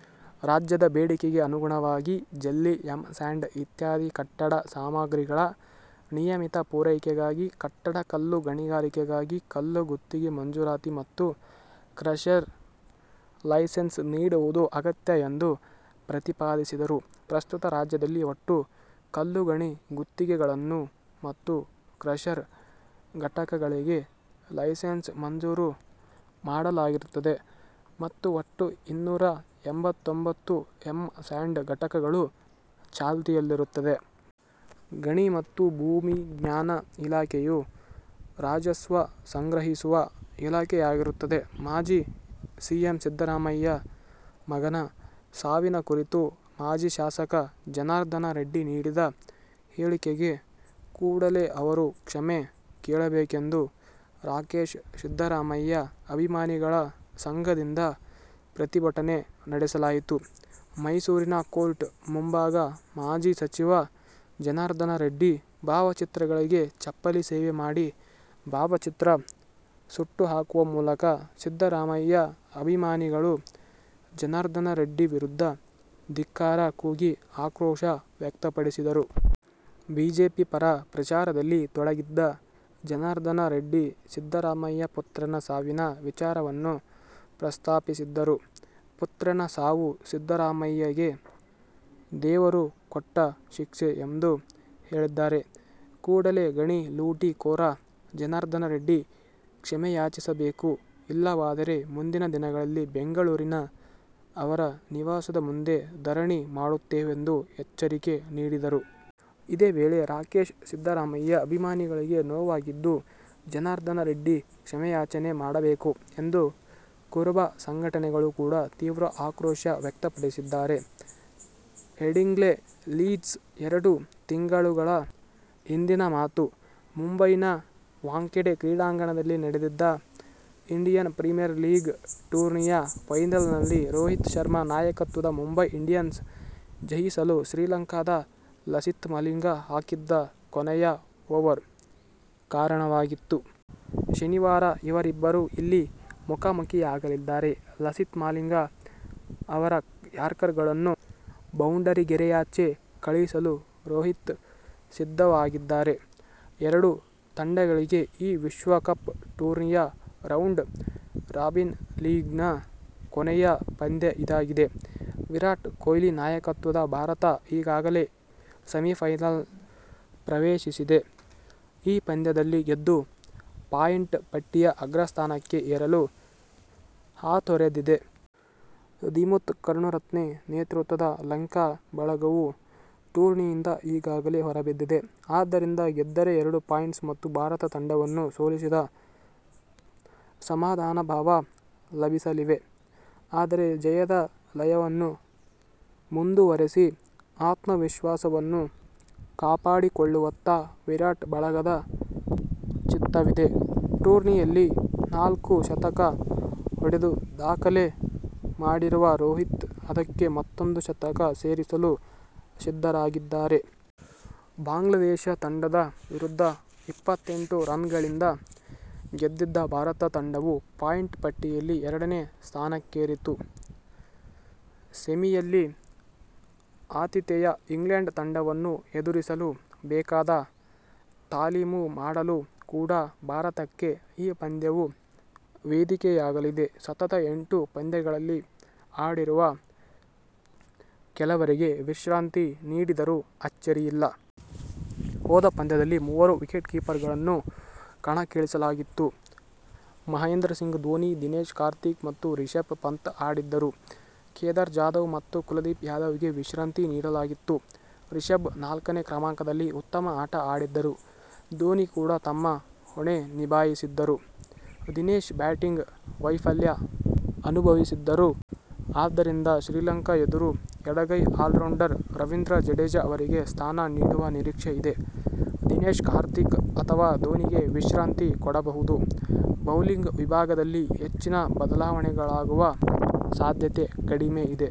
. ರಾಜ್ಯದ ಬೇಡಿಕೆಗೆ ಅನುಗುಣವಾಗಿ ಜಲ್ಲಿ, ಎಂ-ಸ್ಯಾಂಡ್ ಇತ್ಯಾದಿ ಕಟ್ಟಡ ಸಾಮಾಗ್ರಿಗಳ ನಿಯಮಿತ ಪೂರೈಕೆಗಾಗಿ ಕಟ್ಟಡ ಕಲ್ಲು ಗಣಿಗಾರಿಕೆಗಾಗಿ ಕಲ್ಲು ಗುತ್ತಿಗೆ ಮಂಜುರಾತಿ ಮತ್ತು ಕ್ರಷರ್ ಲೈಸೆನ್ಸ್ ನೀಡುವುದು ಅಗತ್ಯ ಎಂದು ಪ್ರತಿಪಾದಿಸಿದರು. ಪ್ರಸ್ತುತ ರಾಜ್ಯದಲ್ಲಿ ಒಟ್ಟು ಕಲ್ಲುಗಣಿ ಗುತ್ತಿಗೆಗಳನ್ನು ಮತ್ತು ಕ್ರಷರ್ ಘಟಕಗಳಿಗೆ ಲೈಸೆನ್ಸ್ ಮಂಜೂರು ಮಾಡಲಾಗಿರುತ್ತದೆ ಮತ್ತು ಒಟ್ಟು ಇನ್ನೂರ ಎಂಬತ್ತೊಂಬತ್ತು ಎಂ-ಸ್ಯಾಂಡ್ ಘಟಕಗಳು ಚಾಲ್ತಿಯಲ್ಲಿರುತ್ತದೆ. ಗಣಿ ಮತ್ತು ಭೂವಿಜ್ಞಾನ ಇಲಾಖೆಯು ರಾಜಸ್ವ ಸಂಗ್ರಹಿಸುವ ಇಲಾಖೆಯಾಗಿರುತ್ತದೆ. ಮಾಜಿ ಸಿಎಂ ಸಿದ್ದರಾಮಯ್ಯ ಮಗನ ಸಾವಿನ ಕುರಿತು ಮಾಜಿ ಶಾಸಕ ಜನಾರ್ದನ ರೆಡ್ಡಿ ನೀಡಿದ ಹೇಳಿಕೆಗೆ ಕೂಡಲೇ ಅವರು ಕ್ಷಮೇ ಕೇಳಬೇಕೆಂದು ರಾಕೇಶ್ ಸಿದ್ದರಾಮಯ್ಯ ಅಭಿಮಾನಿಗಳ ಸಂಘದಿಂದ ಪ್ರತಿಭಟನೆ ನಡೆಸಲಾಯಿತು. ಮೈಸೂರಿನ ಕೋರ್ಟ್ ಮುಂಭಾಗ ಮಾಜಿ ಸಚಿವ ಜನಾರ್ದನ ರೆಡ್ಡಿ ಭಾವಚಿತ್ರಗಳಿಗೆ ಚೆಪ್ಪಲಿ ಸೇವೆ ಮಾಡಿ ಭಾವಚಿತ್ರ ಸುಟ್ಟುಹಾಕುವ ಮೂಲಕ ಸಿದ್ದರಾಮಯ್ಯ ಅಭಿಮಾನಿಗಳು ಜನಾರ್ದನರೆಡ್ಡಿ ವಿರುದ್ಧ ಧಿಕ್ಕಾರ ಕೂಗಿ ಆಕ್ರೋಶ ವ್ಯಕ್ತಪಡಿಸಿದರು. ಬಿಜೆಪಿ ಪರ ಪ್ರಚಾರದಲ್ಲಿ ತೊಡಗಿದ್ದ ಜನಾರ್ದನ ರೆಡ್ಡಿ ಸಿದ್ದರಾಮಯ್ಯ ಪುತ್ರನ ಸಾವಿನ ವಿಚಾರವನ್ನು ಪ್ರಸ್ತಾಪಿಸಿದ್ದರು. ಪುತ್ರನ ಸಾವು, ಸಿದ್ದರಾಮಯ್ಯಗೆ ದೇವರು ಕೊಟ್ಟ ಶಿಕ್ಷೆ ಎಂದು ಹೇಳಿದ್ದಾರೆ. ಕೂಡಲೇ ಗಣಿ ಲೂಟಿ ಕೋರ ಜನಾರ್ಧನರೆಡ್ಡಿ ಕ್ಷಮೆಯಾಚಿಸಬೇಕು. ಇಲ್ಲವಾದರೆ ಮುಂದಿನ ದಿನಗಳಲ್ಲಿ ಬೆಂಗಳೂರಿನ ಅವರ ನಿವಾಸದ ಮುಂದೆ ಧರಣಿ ಮಾಡುತ್ತೇವೆಂದು ಎಚ್ಚರಿಕೆ ನೀಡಿದರು. ಇದೇ ವೇಳೆ ರಾಕೇಶ್ ಸಿದ್ದರಾಮಯ್ಯ ಅಭಿಮಾನಿಗಳಿಗೆ ನೋವಾಗಿದ್ದು ಜನರ್ದಾನ ರೆಡ್ಡಿ ಕ್ಷಮೇಯಾಚನೆ ಮಾಡಬೇಕು ಎಂದು ಕುರುಬ ಸಂಘಟನೆಗಳು ಕೂಡ ತೀವ್ರ ಆಕ್ರೋಶ ವ್ಯಕ್ತಪಡಿಸಿದ್ದಾರೆ. ಹೆಡಿಂಗ್ಲೆ, ಲೀಡ್ಸ್: ಎರಡು ತಿಂಗಳುಗಳ ಹಿಂದಿನ ಮಾತು. ಮುಂಬೈನ ವಾಂಖೆಡೆ ಕ್ರೀಡಾಂಗಣದಲ್ಲಿ ನಡೆದಿದ್ದ ಇಂಡಿಯನ್ ಪ್ರೀಮಿಯರ್ ಲೀಗ್ ಟೂರ್ನಿಯ ಫೈನಲ್ನಲ್ಲಿ ರೋಹಿತ್ ಶರ್ಮಾ ನಾಯಕತ್ವದ ಮುಂಬೈ ಇಂಡಿಯನ್ಸ್ ಜಯಿಸಲು ಶ್ರೀಲಂಕಾದ ಲಸಿತ್ ಮಾಲಿಂಗ ಹಾಕಿದ್ದ ಕೊನೆಯ ಓವರ್ ಕಾರಣವಾಗಿತ್ತು. ಶನಿವಾರ ಇವರಿಬ್ಬರೂ ಇಲ್ಲಿ ಮುಖಾಮುಖಿಯಾಗಲಿದ್ದಾರೆ. ಲಸಿತ್ ಮಾಲಿಂಗ ಅವರ ಯಾರ್ಕರ್ಗಳನ್ನು ಬೌಂಡರಿಗೆರೆಯಾಚೆ ಕಳಿಸಲು ರೋಹಿತ್ ಸಿದ್ಧವಾಗಿದ್ದಾರೆ. ಎರಡೂ ತಂಡಗಳಿಗೆ ಈ ವಿಶ್ವಕಪ್ ಟೂರ್ನಿಯ ರೌಂಡ್ ರಾಬಿನ್ ಲೀಗ್ನ ಕೊನೆಯ ಪಂದ್ಯ ಇದಾಗಿದೆ. ವಿರಾಟ್ ಕೊಹ್ಲಿ ನಾಯಕತ್ವದ ಭಾರತ ಈಗಾಗಲೇ ಸೆಮಿಫೈನಲ್ ಪ್ರವೇಶಿಸಿದೆ. ಈ ಪಂದ್ಯದಲ್ಲಿ ಗೆದ್ದು ಪಾಯಿಂಟ್ ಪಟ್ಟಿಯ ಅಗ್ರಸ್ಥಾನಕ್ಕೆ ಏರಲು ಹಾತೊರೆದಿದೆ. ದಿಮುತ್ ಕರುಣಾರತ್ನೆ ನೇತೃತ್ವದ ಲಂಕಾ ಬಳಗವು ಟೂರ್ನಿಯಿಂದ ಈಗಾಗಲೇ ಹೊರಬಿದ್ದಿದೆ. ಆದ್ದರಿಂದ ಗೆದ್ದರೆ ಎರಡು ಪಾಯಿಂಟ್ಸ್ ಮತ್ತು ಭಾರತ ತಂಡವನ್ನು ಸೋಲಿಸಿದ ಸಮಾಧಾನಭಾವ ಲಭಿಸಲಿವೆ. ಆದರೆ, ಜಯದ ಲಯವನ್ನು ಮುಂದುವರಿಸಿ ಆತ್ಮವಿಶ್ವಾಸವನ್ನು ಕಾಪಾಡಿಕೊಳ್ಳುವತ್ತ ವಿರಾಟ್ ಬಳಗದ ಚಿತ್ತವಿದೆ. ಟೂರ್ನಿಯಲ್ಲಿ ನಾಲ್ಕು ಶತಕ ಹೊಡೆದು ದಾಖಲೆ ಮಾಡಿರುವ ರೋಹಿತ್, ಅದಕ್ಕೆ ಮತ್ತೊಂದು ಶತಕ ಸೇರಿಸಲು ಸಿದ್ಧರಾಗಿದ್ದಾರೆ. ಬಾಂಗ್ಲಾದೇಶ ತಂಡದ ವಿರುದ್ಧ ಇಪ್ಪತ್ತೆಂಟು ರನ್ಗಳಿಂದ ಗೆದ್ದಿದ್ದ ಭಾರತ ತಂಡವು ಪಾಯಿಂಟ್ ಪಟ್ಟಿಯಲ್ಲಿ ಎರಡನೇ ಸ್ಥಾನಕ್ಕೇರಿತ್ತು. ಸೆಮಿಯಲ್ಲಿ ಆತಿಥೇಯ ಇಂಗ್ಲೆಂಡ್ ತಂಡವನ್ನು ಎದುರಿಸಲು ಬೇಕಾದ ತಾಲೀಮು ಮಾಡಲು ಕೂಡ ಭಾರತಕ್ಕೆ ಈ ಪಂದ್ಯವು ವೇದಿಕೆಯಾಗಲಿದೆ. ಸತತ ಎಂಟು ಪಂದ್ಯಗಳಲ್ಲಿ ಆಡಿರುವ ಕೆಲವರಿಗೆ ವಿಶ್ರಾಂತಿ ನೀಡಿದರೂ ಅಚ್ಚರಿಯಿಲ್ಲ. ಹೋದ ಪಂದ್ಯದಲ್ಲಿ ಮೂವರು ವಿಕೆಟ್ಕೀಪರ್ಗಳನ್ನು ಕಣಕ್ಕಿಳಿಸಲಾಗಿತ್ತು. ಮಹೇಂದ್ರಸಿಂಗ್ ಧೋನಿ, ದಿನೇಶ್ ಕಾರ್ತಿಕ್ ಮತ್ತು ರಿಷಭ್ ಪಂತ್ ಆಡಿದ್ದರು. ಕೇದಾರ್ ಜಾಧವ್ ಮತ್ತು ಕುಲದೀಪ್ ಯಾದವ್ಗೆ ವಿಶ್ರಾಂತಿ ನೀಡಲಾಗಿತ್ತು. ರಿಷಭ್ ನಾಲ್ಕನೇ ಕ್ರಮಾಂಕದಲ್ಲಿ ಉತ್ತಮ ಆಟ ಆಡಿದ್ದರು. ಧೋನಿ ಕೂಡ ತಮ್ಮ ಹೊಣೆ ನಿಭಾಯಿಸಿದ್ದರು. ದಿನೇಶ್ ಬ್ಯಾಟಿಂಗ್ ವೈಫಲ್ಯ ಅನುಭವಿಸಿದ್ದರು. ಆದ್ದರಿಂದ ಶ್ರೀಲಂಕಾ ಎದುರು ಎಡಗೈ ಆಲ್ರೌಂಡರ್ ರವೀಂದ್ರ ಜಡೇಜ ಅವರಿಗೆ ಸ್ಥಾನ ನೀಡುವ ನಿರೀಕ್ಷೆ ಇದೆ. ದಿನೇಶ್ ಕಾರ್ತಿಕ್ ಅಥವಾ ಧೋನಿಗೆ ವಿಶ್ರಾಂತಿ ಕೊಡಬಹುದು. ಬೌಲಿಂಗ್ ವಿಭಾಗದಲ್ಲಿ ಹೆಚ್ಚಿನ ಬದಲಾವಣೆಗಳಾಗುವ ಸಾಧ್ಯತೆ ಕಡಿಮೆ ಇದೆ.